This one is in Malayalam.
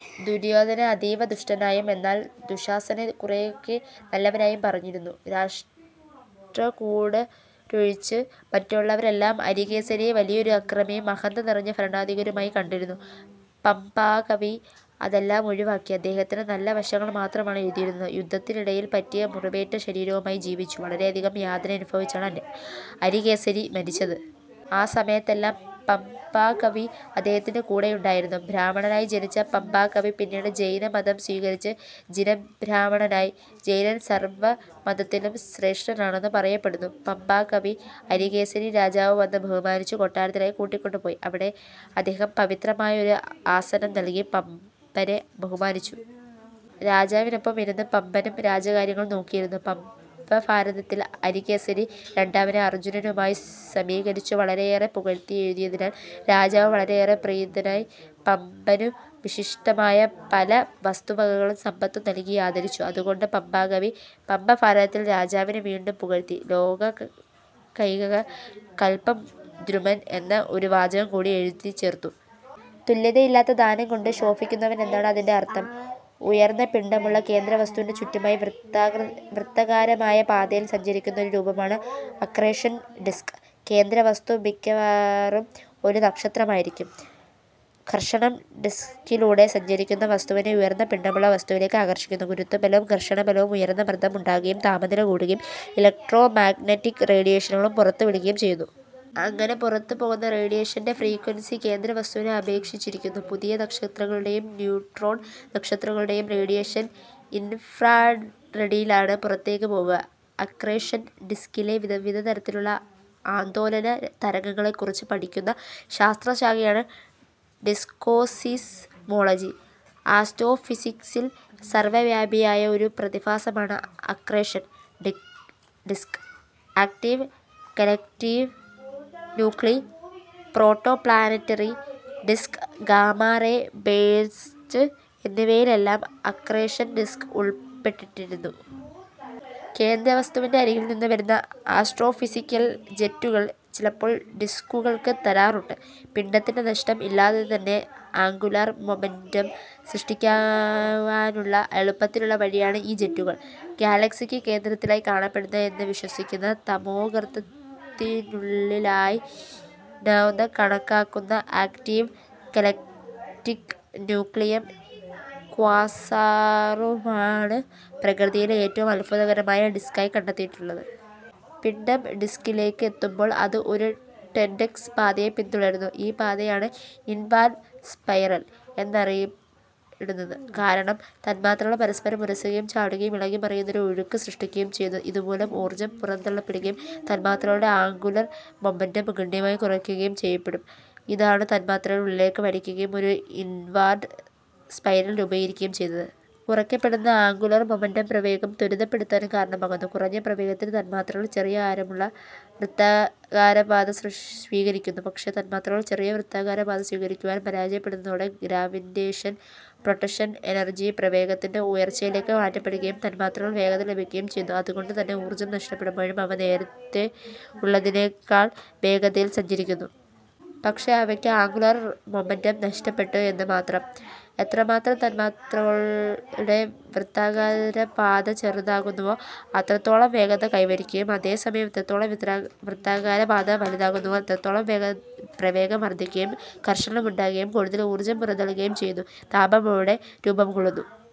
ദുര്യോധനനെ അതീവ ദുഷ്ടനായും, എന്നാൽ ദുശ്ശാസ്സനനെ കുറെയൊക്കെ നല്ലവനായും പറഞ്ഞിരിക്കുന്നു. രാഷ്ട്രകൂടരൊഴിച്ച് മറ്റുള്ളവരെല്ലാം അരികേസരിയെ വലിയൊരു അക്രമിയും, അഹന്ത നിറഞ്ഞ ഭരണാധികാരിയുമായി കണ്ടിരുന്നു. പംപാകവി അതെല്ലാം ഒഴിവാക്കി അദ്ദേഹത്തിൻറെ നല്ലവശങ്ങൾ മാത്രമാണ് എഴുതിയിരിക്കുന്നത്. യുദ്ധത്തിനിടയിൽ പറ്റിയ മുറിവേറ്റ ശരീരവുമായി ജീവിച്ചു വളരെയധികം യാതനയനുഭവിച്ചാണ് അരികേസരി മരിച്ചത്. ആ സമയത്തെല്ലാം പംപാകവി അദ്ദേഹത്തിൻറെ കൂടെയുണ്ടായിരുന്നു. ബ്രാഹ്മണനായി ജനിച്ച പംപാകവി പിന്നീട് ജൈന മതം സ്വീകരിച്ച് ജിനബ്രാഹ്മണനായി. ജൈനൻ സർവ്വ മതക്കാരിലും ശ്രേഷ്ഠനാണെന്നു പറയപ്പെടുന്നു. പംപാകവിയെ അരികേസരി രാജാവ് വന്നു ബഹുമാനിച്ചു കൊട്ടാരത്തിലേക്കു കൂട്ടിക്കൊണ്ടു പോയി. അവിടെ അദ്ദേഹം പവിത്രമായ ഒരു ആസനം നൽകി പമ്പനെ ബഹുമാനിച്ചു. രാജാവിനോടൊപ്പം ഇരുന്നു പംപനും രാജ്യകാര്യങ്ങൾ നോക്കിയിരുന്നു. പംപഭാരതത്തിൽ അരികേസരി രണ്ടാമനെ അർജ്ജുനനുമായി സമീകരിച്ചു വളരെയേറെ പുകഴ്ത്തി എഴുതിയതിനാൽ രാജാവ് വളരെയേറെ പ്രീതനായി പമ്പനു വിശിഷ്ടമായ പല വസ്തുവകകളും സമ്പത്തും നൽകിയാദരിച്ചു. അതുകൊണ്ടു പംപാകവി പംപഭാരതത്തിൽ രാജാവിനെ വീണ്ടും പുകഴ്ത്തി ലോകൈക കല്പദ്രുമൻ എന്ന ഒരു വാചകം കൂടി എഴുതിച്ചേർത്തു. തുല്യതയില്ലാത്ത ദാനം കൊണ്ട് ശോഭിക്കുന്നവൻ എന്നാണു അതിന്റെ അർത്ഥം. ഉയർന്ന പിണ്ഡമുള്ള കേന്ദ്രവസ്തുവിന്റെ ചുറ്റുമായി വൃത്താകാരമായ പാതയിൽ സഞ്ചരിക്കുന്ന ഒരു രൂപമാണ് അക്രേഷൻ ഡിസ്ക്. കേന്ദ്രവസ്തു മിക്കവാറും ഒരു നക്ഷത്രമായിരിക്കും. ഘർഷണം ഡിസ്സകിലൂടെ സഞ്ചരിക്കുന്ന വസ്തുവിനെ ഉയർന്ന പിണ്ഡമുള്ള വസ്തുവിലേക്ക് ആകർഷിക്കുന്നു. ഗുരുത്വബലവും, ഘർഷണ ബലവും ഉയർന്ന മർദ്ദം ഉണ്ടാക്കുകയും, താപനില കൂട്ടുകയും, ഇലക്ട്രോ മാഗനറ്റിക് റേഡിയേഷനുകളെ പുറത്ത് വിടുകയും ചെയ്യുന്നു. അങ്ങനെ പുറത്ത് പോകുന്ന റേഡിയേഷന്റെ ഫ്രീക്വെൻസി കേന്ദ്ര വസ്തുവിനെ അപേക്ഷിച്ചിരിക്കുന്നു. പുതിയ നക്ഷത്രങ്ങളുടേയും, ന്യൂട്രോൺ നക്ഷത്രങ്ങളുടേയും, റേഡിയേഷൻ ഇൻഫ്രാറെഡിലാണ് പുറത്തേക്ക് പോകുക; അക്രേഷൻ ഡിസ്കിലെ വിവിധതരത്തിലുള്ള ആന്തോലന തരംഗങ്ങളെകുറിച്ച് പഠിക്കുന്ന ശാസ്ത്രശാഖയാണ് ഡിസ്ക്കോസീസ്മോളജി. ആസ്റ്റോഫിസിക്ക്സിൽ സർവ്വവ്യാപിയായ ഒരു പ്രതിഭാസമാണ് accretion disc; active galactic nuclei, protoplanetary disc, gamma ray burst എന്നിവയിലെല്ലാം അക്രേഷൻ ഡിസ്ക് ഉപൾപ്പെട്ടിരിക്കുന്നു. കേന്ദ്രവസ്തുവിന്റെ അരികിൽ നിന്ന് വരുന്ന ആസ്റ്റ്രോഫിസിക്കൽ ജെറ്റുകൾ ചിലപ്പോൾ ഡിസ്ക്കുകൾ തരാറുണ്ട്. പിണ്ഡത്തിന്റെ നഷ്ടം ഇല്ലാതെതന്നെ ആങ്കുലാർ മൊമന്റം സൃഷ്ടിക്കുവാനുള്ള എളുപ്പത്തിലുള്ള വഴിയാണ് ഈ ജെറ്റുകൾ. ഗാലക്സിക്ക് കേന്ദ്രത്തിലായി കാണപ്പെടുന്നു എന്ന് വിശ്വസിക്കുന്ന തമോഗർത്തത്തിനുള്ളിലായിഉണ്ടെന്ന് കണക്കാക്കുന്ന ആക്റ്റീവ് ഗലക്റ്റിക് നൂക്ലിയും, ക്വാസാറുമാണ് പ്രകൃതിയിലെ ഏറ്റവും അത്ഭുതകരമായ ഡിസ്കായി കണ്ടെത്തിയിട്ടിള്ളത്. പിണ്ഡം ഡിസ്കിലേക്ക് എത്തുമ്പോൾ അത് ഒരു ടെന്റക്സ് പാതയെ പിൻതുടരുന്നു, ഈ പാതയാണ് ഇൻവാർഡ് സ്പൈറൽ എന്നറിയുന്നത്. കാരണം തന്മാത്രകൾ പരസ്പരം ഉരസുകയും, ചാടുകയും ഇളകിമറിയുന്ന ഒരു ഒഴുക്ക് സൃഷ്ടിക്കുകയും, ചെയ്യുന്നു, ഇതുമൂലം ഊർജ്ജം പുറന്തള്ളപ്പെടുകയും, തന്മാത്രകളുടെ ആങ്കുലാർ മൊമന്റം ഗണ്യമായി കുറക്കുകയും ചെയ്യപ്പെടും, ഇതാണ് തന്മാത്രകളെ ഉള്ളിലേക്ക് വലിക്കുകയും, ഒരു ഇൻവാർഡ് സ്പൈരൽ രൂപീകരിക്കുകയും ചെയ്യുന്നത്. കുറയ്ക്കപ്പെടുന്ന ആങ്കുലാർ മൊമന്റം പ്രവേഗം ത്വരിതപ്പെടാനും കാരണമാകുന്നു. കുറഞ്ഞ പ്രവേഗത്തിൽ തന്മാത്രകൾ ചെറിയ ആരമുള്ള വൃത്താകാരപാത സ്വീകരിക്കുന്നു. പക്ഷെ തന്മാത്രകൾ ചെറിയ വൃത്താകാര പാത സ്വീകരിക്കുവാൻ പരാജയപ്പെടുന്നതോടെ ഗ്രാവിറ്റേഷ്ണൽ പൊട്ടൻഷ്യൽ എനർജി പ്രവേഗത്തിന്റെ ഉയർച്ചയിലേക്ക് മാറ്റപ്പെടുകയും തന്മാത്രകൾക്ക് വേഗത ലഭിക്കുകയു ചെയ്യുന്നു. അതുകൊണ്ടുതന്നെ ഊർജ്ജം നഷ്ടപ്പെടുമ്പോഴും അവ നേരത്തേയുള്ളതിനേക്കാൾ വേഗതയിൽ സഞ്ചരിക്കുന്നു. പക്ഷെ അവയ്ക്ക് ആങ്കുലാർ മൊമന്റം നഷ്ടപ്പെട്ടു എന്ന് മാത്രം. എത്രത്തോളം തന്മാത്രയുടെ വൃത്താകാര പാത ചെറുതാകുന്നുവോ അത്രത്തോളം വേഗത കൈവരിക്കുകയും, അതേ സമയം എത്രത്തോളം വൃത്താകാര പാത വലുതാകുന്നുവോ അത്രത്തോളം പ്രവേഗം വർദ്ധിക്കുകയും, ഘർഷണം ഉണ്ടാകുകയും, കൂടുതൽ ഊർജ്ജം പുറംതള്ളുകയും ചെയ്യുന്നു. താപം അവിടെ രൂപംകൊള്ളുന്നു.